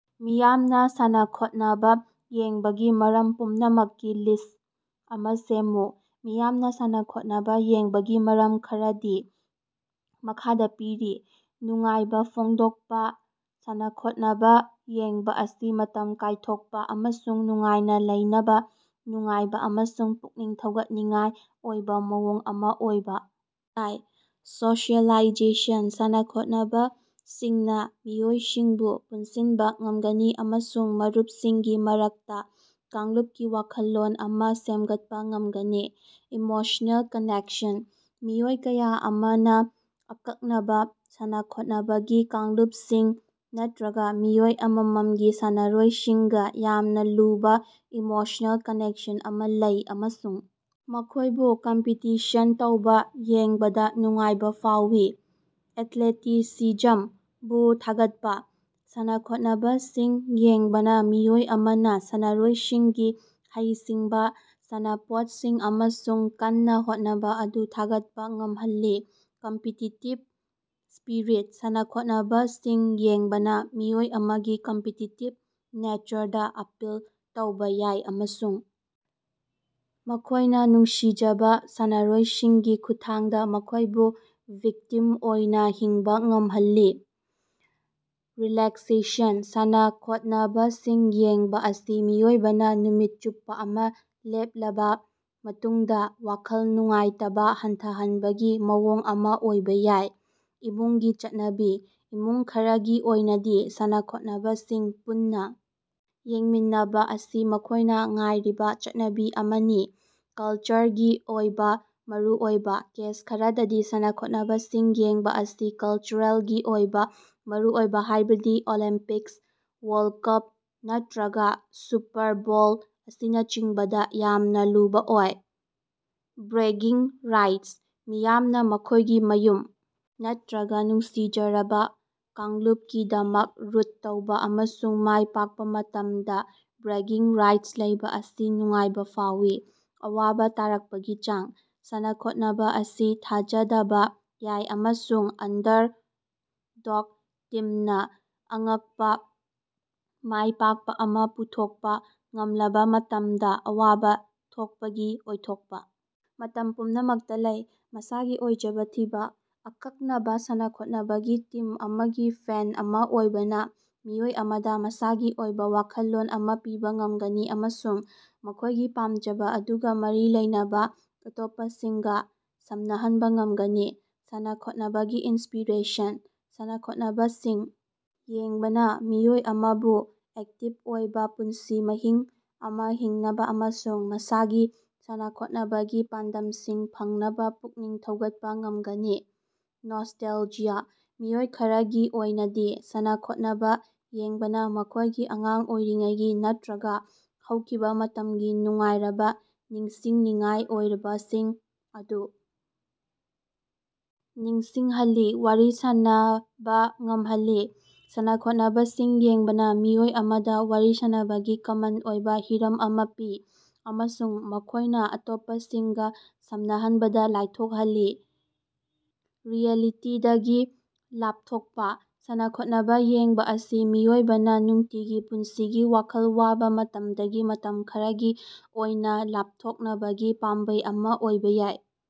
ꯃꯤꯌꯥꯝꯅ ꯁꯥꯟꯅꯈꯣꯠꯅꯕ ꯌꯦꯡꯕꯒꯤ ꯃꯔꯝ ꯄꯨꯝꯅꯃꯛꯀꯤ ꯂꯤꯁꯠ ꯑꯃ ꯁꯦꯝꯃꯨ꯫ ꯃꯤꯌꯥꯝꯅ ꯁꯥꯟꯅꯈꯣꯠꯅꯕ ꯌꯦꯡꯕꯒꯤ ꯃꯔꯝ ꯈꯔꯗꯤ ꯃꯈꯥꯗ ꯄꯤꯔꯤ:- ꯅꯨꯡꯉꯥꯏꯕ ꯐꯣꯡꯗꯣꯛꯄ: ꯁꯥꯟꯅꯈꯣꯠꯅꯕ ꯌꯦꯡꯕ ꯑꯁꯤ ꯃꯇꯝ ꯀꯥꯏꯊꯣꯛꯄ ꯑꯃꯁꯨꯡ ꯅꯨꯡꯉꯥꯏꯅ ꯂꯩꯅꯕ ꯅꯨꯡꯉꯥꯏꯕ ꯑꯃꯁꯨꯡ ꯄꯨꯛꯅꯤꯡ ꯊꯧꯒꯠꯅꯤꯡꯉꯥꯏ ꯑꯣꯏꯕ ꯃꯑꯣꯡ ꯑꯃ ꯑꯣꯏꯕ ꯌꯥꯏ꯫ ꯁꯣꯁꯤꯑꯦꯂꯥꯏꯖꯦꯁꯟ: ꯁꯥꯟꯅꯈꯣꯠꯅꯕꯁꯤꯡꯅ ꯃꯤꯑꯣꯏꯁꯤꯡꯕꯨ ꯄꯨꯟꯁꯤꯟꯕ ꯉꯝꯒꯅꯤ ꯑꯃꯁꯨꯡ ꯃꯔꯨꯞꯁꯤꯡꯒꯤ ꯃꯔꯛꯇ ꯀꯥꯡꯂꯨꯞꯀꯤ ꯋꯥꯈꯜꯂꯣꯟ ꯑꯃ ꯁꯦꯝꯒꯠꯄ ꯉꯝꯒꯅꯤ꯫ ꯏꯃꯣꯁ꯭ꯅꯦꯜ ꯀꯅꯦꯛꯁꯟ: ꯃꯤꯑꯣꯏ ꯀꯌꯥ ꯑꯃꯅ ꯑꯀꯛꯅꯕ ꯁꯥꯟꯅꯈꯣꯠꯅꯕꯒꯤ ꯀꯥꯡꯂꯨꯞꯁꯤꯡ ꯅꯠꯇ꯭ꯔꯒ ꯃꯤꯑꯣꯏ ꯑꯃꯃꯝꯒꯤ ꯁꯥꯟꯅꯔꯣꯏꯁꯤꯡꯒ ꯌꯥꯝꯅ ꯂꯨꯕ ꯏꯃꯣꯁ꯭ꯅꯦꯜ ꯀꯅꯦꯛꯁꯟ ꯑꯃ ꯂꯩ ꯑꯃꯁꯨꯡ ꯃꯈꯣꯏꯕꯨ ꯀꯝꯄꯤꯇꯤꯁꯟ ꯇꯧꯕ ꯌꯦꯡꯕꯗ ꯅꯨꯡꯉꯥꯏꯕ ꯐꯥꯎꯋꯤ꯫ ꯑꯦꯊ꯭ꯂꯦꯇꯤꯁꯤꯖꯝꯕꯨ ꯊꯥꯒꯠꯄ: ꯁꯥꯟꯅꯈꯣꯠꯅꯕꯁꯤꯡ ꯌꯦꯡꯕꯅ ꯃꯤꯑꯣꯏ ꯑꯃꯅ ꯁꯥꯟꯅꯔꯣꯏꯁꯤꯡꯒꯤ ꯍꯩꯁꯤꯡꯕ, ꯁꯥꯟꯅꯄꯣꯠꯁꯤꯡ ꯑꯃꯁꯨꯡ ꯀꯟꯅ ꯍꯣꯠꯅꯕ ꯑꯗꯨ ꯊꯥꯒꯠꯄ ꯉꯝꯍꯜꯂꯤ꯫ ꯀꯝꯄꯤꯇꯤꯇꯤꯚ ꯁ꯭ꯄꯤꯔꯤꯠ: ꯁꯥꯟꯅꯈꯣꯠꯅꯕꯁꯤꯡ ꯌꯦꯡꯕꯅ ꯃꯤꯑꯣꯏ ꯑꯃꯒꯤ ꯀꯝꯄꯤꯇꯤꯇꯤꯚ ꯅꯦꯆꯔꯗ ꯑꯄꯤꯜ ꯇꯧꯕ ꯌꯥꯏ ꯑꯃꯁꯨꯡ ꯃꯈꯣꯏꯅ ꯅꯨꯡꯁꯤꯖꯕ ꯁꯥꯟꯅꯔꯣꯏꯁꯤꯡꯒꯤ ꯈꯨꯠꯊꯥꯡꯗ ꯃꯈꯣꯏꯕꯨ ꯚꯤꯛꯇꯤꯝ ꯑꯣꯏꯅ ꯍꯤꯡꯕ ꯉꯝꯍꯜꯂꯤ꯫ ꯔꯤꯂꯦꯛꯁꯦꯁꯟ: ꯁꯥꯟꯅꯄꯈꯣꯠꯅꯕꯁꯤꯡ ꯌꯦꯡꯕ ꯑꯁꯤ ꯃꯤꯑꯣꯏꯕꯅ ꯅꯨꯃꯤꯠ ꯆꯨꯞꯄ ꯑꯃ ꯂꯦꯞꯂꯕ ꯃꯇꯨꯡꯗ ꯋꯥꯈꯜ ꯅꯨꯡꯉꯥꯏꯇꯕ ꯍꯟꯊꯍꯟꯕꯒꯤ ꯃꯑꯣꯡ ꯑꯃ ꯑꯣꯏꯕ ꯌꯥꯏ꯫ ꯏꯃꯨꯡꯒꯤ ꯆꯠꯅꯕꯤ: ꯏꯃꯨꯡ ꯈꯔꯒꯤ ꯑꯣꯏꯅꯗꯤ ꯁꯥꯟꯅꯈꯣꯠꯅꯕꯁꯤꯡ ꯄꯨꯟꯅ ꯌꯦꯡꯃꯤꯟꯅꯕ ꯑꯁꯤ ꯃꯈꯣꯏꯅ ꯉꯥꯏꯔꯤꯕ ꯆꯠꯅꯕꯤ ꯑꯃꯅꯤ꯫ ꯀꯜꯆꯔꯒꯤ ꯑꯣꯏꯕ ꯃꯔꯨꯑꯣꯏꯕ ꯀꯦꯁ ꯈꯔꯗꯗꯤ ꯁꯥꯟꯅꯈꯣꯠꯅꯕꯁꯤꯡ ꯌꯦꯡꯕ ꯑꯁꯤ ꯀꯜꯆꯔꯦꯜꯒꯤ ꯑꯣꯏꯕ ꯃꯔꯨꯑꯣꯏꯕ, ꯍꯥꯏꯕꯗꯤ ꯑꯣꯂꯦꯝꯄꯤꯛꯁ, ꯋꯥꯔꯜꯗ ꯀꯞ, ꯅꯠꯇ꯭ꯔꯒ ꯁꯨꯄꯔ ꯕꯣꯜ ꯑꯁꯤꯅꯆꯤꯡꯕꯗ ꯌꯥꯝꯅ ꯂꯨꯕ ꯑꯣꯏ꯫ ꯕ꯭ꯔꯦꯒꯤꯡ ꯔꯥꯏꯠꯁ ꯃꯤꯌꯥꯝꯅ ꯃꯈꯣꯏꯒꯤ ꯃꯌꯨꯝ ꯅꯠꯇ꯭ꯔꯒ ꯅꯨꯡꯁꯤꯖꯔꯕ ꯀꯥꯡꯂꯨꯞꯀꯤꯗꯃꯛ ꯔꯨꯠ ꯇꯧꯕ ꯑꯃꯁꯨꯡ ꯃꯥꯏꯄꯥꯛꯄ ꯃꯇꯝꯗ ꯕ꯭ꯔꯦꯒꯤꯡ ꯔꯥꯏꯠ ꯂꯩꯕ ꯑꯁꯤ ꯅꯨꯡꯉꯥꯏꯕ ꯐꯥꯎꯏ꯫ ꯑꯋꯥꯕ ꯇꯥꯔꯛꯄꯒꯤ ꯆꯥꯡ: ꯁꯥꯟꯅꯈꯣꯠꯅꯕ ꯑꯁꯤ ꯊꯥꯖꯗꯕ ꯌꯥꯏ ꯑꯃꯁꯨꯡ ꯑꯟꯗꯔꯗꯣꯒ ꯇꯤꯝꯅ ꯑꯉꯛꯄ ꯃꯥꯏꯄꯥꯛꯄ ꯑꯃ ꯄꯨꯊꯣꯛꯄ ꯉꯝꯂꯕ ꯃꯇꯝꯗ ꯑꯋꯥꯕ ꯊꯣꯛꯄꯒꯤ ꯑꯣꯏꯊꯣꯛꯄ ꯃꯇꯝ ꯄꯨꯝꯅꯃꯛꯇ ꯂꯩ꯫ ꯃꯁꯥꯒꯤ ꯑꯣꯏꯖꯕ ꯊꯤꯕ: ꯑꯀꯛꯅꯕ ꯁꯥꯟꯅꯈꯣꯠꯅꯕꯒꯤ ꯇꯤꯝ ꯑꯃꯒꯤ ꯐꯦꯟ ꯑꯃ ꯑꯣꯏꯕꯅ ꯃꯤꯑꯣꯏ ꯑꯃꯗ ꯃꯁꯥꯒꯤ ꯑꯣꯏꯕ ꯋꯥꯈꯜꯂꯣꯟ ꯑꯃ ꯄꯤꯕ ꯉꯝꯒꯅꯤ ꯑꯃꯁꯨꯡ ꯃꯈꯣꯏꯒꯤ ꯄꯥꯝꯖꯕ ꯑꯗꯨꯒ ꯃꯔꯤ ꯂꯩꯅꯕ ꯑꯇꯣꯞꯄꯁꯤꯡꯒ ꯁꯝꯅꯍꯟꯕ ꯉꯝꯒꯅꯤ꯫ ꯁꯥꯟꯅꯈꯣꯠꯅꯕꯀꯤ ꯏꯟꯁꯄꯤꯔꯦꯁꯟ: ꯁꯥꯟꯅꯈꯣꯠꯅꯕꯁꯤꯡ ꯌꯦꯡꯕꯅ ꯃꯤꯑꯣꯏ ꯑꯃꯕꯨ ꯑꯦꯛꯇꯤꯚ ꯑꯣꯏꯕ ꯄꯨꯟꯁꯤ ꯃꯍꯤꯡ ꯑꯃ ꯍꯤꯡꯅꯕ ꯑꯃꯁꯨꯡ ꯃꯁꯥꯒꯤ ꯁꯥꯟꯅꯈꯣꯠꯅꯕꯒꯤ ꯄꯥꯟꯗꯝꯁꯤꯡ ꯐꯪꯅꯕ ꯄꯨꯛꯅꯤꯡ ꯊꯧꯒꯠꯄ ꯉꯝꯒꯅꯤ꯫ ꯅꯣꯁꯇꯦꯜꯖꯤꯌꯥ: ꯃꯤꯑꯣꯏ ꯈꯔꯒꯤ ꯑꯣꯏꯅꯗꯤ ꯁꯥꯟꯅ-ꯈꯣꯠꯅꯕ ꯌꯦꯡꯕꯅ ꯃꯈꯣꯏꯒꯤ ꯑꯉꯥꯡ ꯑꯣꯏꯔꯤꯉꯩꯒꯤ ꯅꯠꯇ꯭ꯔꯒ ꯍꯧꯈꯤꯕ ꯃꯇꯝꯒꯤ ꯅꯨꯡꯉꯥꯏꯔꯕ ꯅꯤꯡꯁꯤꯡꯅꯤꯡꯉꯥꯏ ꯑꯣꯏꯕꯁꯤꯡ ꯑꯗꯨ ꯅꯤꯡꯁꯤꯡꯍꯜꯂꯤ꯫ ꯋꯥꯔꯤ ꯁꯥꯟꯅꯕ ꯉꯝꯍꯜꯂꯤ: ꯁꯥꯟꯅꯈꯣꯠꯅꯕꯁꯤꯡ ꯌꯦꯡꯕꯅ ꯃꯤꯑꯣꯏ ꯑꯃꯗ ꯋꯥꯔꯤ ꯁꯥꯟꯅꯕꯒꯤ ꯀꯃꯟ ꯑꯣꯏꯕ ꯍꯤꯔꯝ ꯑꯃ ꯄꯤ ꯑꯃꯁꯨꯡ ꯃꯈꯣꯏꯅ ꯑꯇꯣꯞꯄꯁꯤꯡꯒ ꯁꯝꯅꯍꯟꯕꯗ ꯂꯥꯏꯊꯣꯛꯍꯜꯂꯤ꯫ ꯔꯤꯑꯦꯂꯤꯇꯤꯗꯒꯤ ꯂꯥꯞꯊꯣꯛꯄ: ꯁꯥꯟꯅ-ꯈꯣꯠꯅꯕ ꯌꯦꯡꯕ ꯑꯁꯤ ꯃꯤꯑꯣꯏꯕꯅ ꯅꯨꯡꯇꯤꯒꯤ ꯄꯨꯟꯁꯤꯒꯤ ꯋꯥꯈꯜ ꯋꯥꯕ ꯃꯇꯝꯗꯒꯤ ꯃꯇꯝ ꯈꯔꯒꯤ ꯑꯣꯏꯅ ꯂꯥꯞꯊꯣꯛꯅꯕꯒꯤ ꯄꯥꯝꯕꯩ ꯑꯃ ꯑꯣꯏꯕ ꯌꯥꯏ꯫